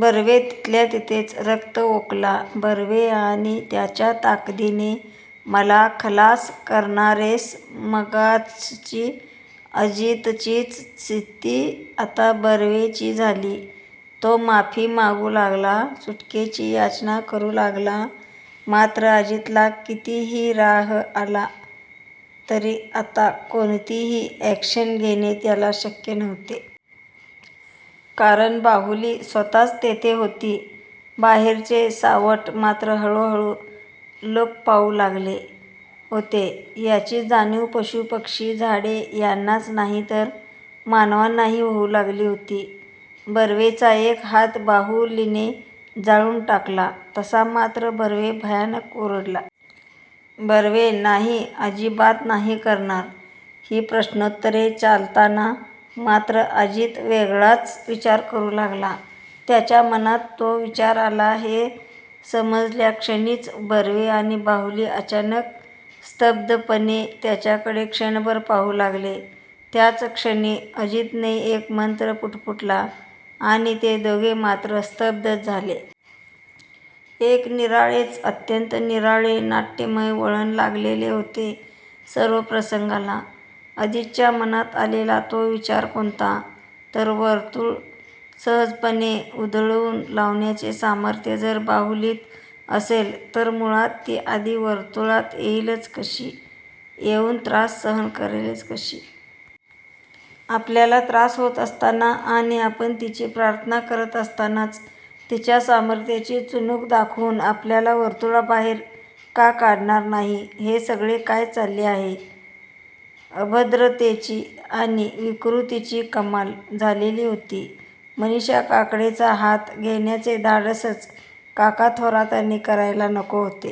बर्वे तिथल्यातिथेच रक्त ओकला. बर्वे आणि त्याच्या ताकदीने मला खलास करणारेस? मगाचची अजितचीच स्थिती आता बर्वेची झाली. तो माफी मागू लागला. सुटकेची याचना करू लागला. मात्र अजितला कितीही राह आला तरी आत्ता कोणतीही ॲक्शन घेणे त्याला शक्य नव्हते. कारण बाहुली स्वतःच तेथे होती. बाहेरचे सावट मात्र हळू-हळू लोप पावू लागले होते.याची जाणीव पशू पक्षी झाडे यांनाच नाही तर मानवांनाही होऊ लागली होती. बर्वेचा एक हात बाहुलीने जाळून टाकला तसा मात्र बर्वे भयानक ओरडला. बर्वे नाही. अजिबात नाही करणार.ही प्रश्नोत्तरे चालताना मात्र अजित वेगळाच विचार करू लागला. त्याच्या मनात तो विचार आला हे समजल्याक्षणीच बर्वे आणि बाहुली अचानक स्तब्धपणे त्याच्याकडे क्षणभर पाहू लागले. त्याच क्षणी अजितने एक मंत्र पुटपुटला आणि ते दोघे मात्र स्तब्धच झाले.. एक निराळेच. अत्यंत निराळे नाट्यमय वळण लागलेले होते सर्व प्रसंगाला. अजितच्या मनात आलेला तो विचार कोणता? तर वर्तुळ सहजपणे उधळवून लावण्याचे सामर्थ्य जर बाहुलीत असेल. तर मुळात ती आधी वर्तुळात येईलच कशी? येऊन त्रास सहन करेलच कशी? आपल्याला त्रास होत असताना आणि आपण तिची प्रार्थना करत असतानाच तिच्या सामर्थ्याची चुणूक दाखवून आपल्याला वर्तुळाबाहेर का काढणार नाही? हे सगळे काय चाललेले आहे? अभद्रतेची आणि विकृतीची कमाल झालेली होती. मनीषा काकडेचा हात घेण्याचे धाडसच काका थोरातने करायला नको होते.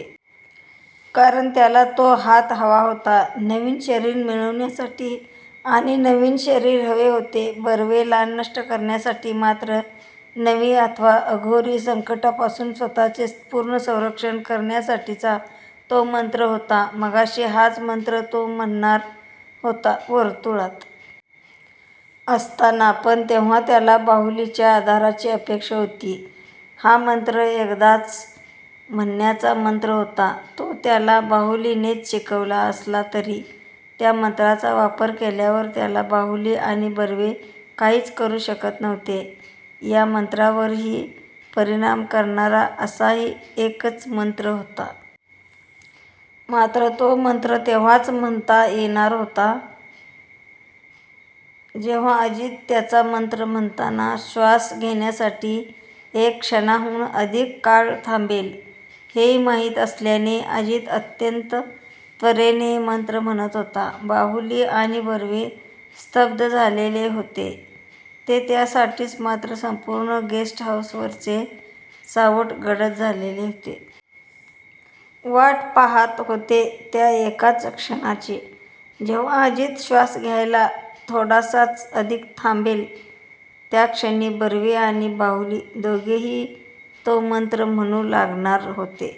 कारण त्याला तो हात हवा होता नवीन शरीर मिळवण्यासाठी. आणि नवीन शरीर हवे होते बर्वेला नष्ट करण्यासाठी, मात्र नवी अथवा अघोरी संकटापासून स्वतःचे पूर्ण संरक्षण करण्यासाठीचा तो मंत्र होता. मगाशी हाच मंत्र तो म्हणणार होता. वर्तुळात असताना. पण तेव्हा त्याला बाहुलीच्या आधाराची अपेक्षा होती. हा मंत्र एकदाच म्हणण्याचा मंत्र होता.तो त्याला बाहुलीनेच शिकवला असला तरी त्या मंत्राचा वापर केल्यावर त्याला बाहुली आणि बर्वे काहीच करू शकत नव्हते.या मंत्रावरही परिणाम करणारा असाही एकच मंत्र होता.. मात्र तो मंत्र तेव्हाच म्हणता येणार होत जेव्हा अजित त्याचा मंत्र म्हणताना श्वास घेण्यासाठी एका क्षणाहून अधिक काळ थांबेल.. हेही माहीत असल्याने अजित अत्यंत त्वरेने मंत्र म्हणत होता.. बाहुली आणि बर्वे स्तब्ध झालेले होते ते त्याचसाठी मात्र संपूर्ण गेस्ट हाऊसवरचे सावट गडद झालेले होते. वाट पाहात होते त्या एकाच क्षणाची. जेव्हा अजित श्वास घ्यायला थोडासाच अधिक थांबेल. त्या क्षणी बर्वे आणी बाहुली दोघेही तो मंत्र म्हणू लागणार होते.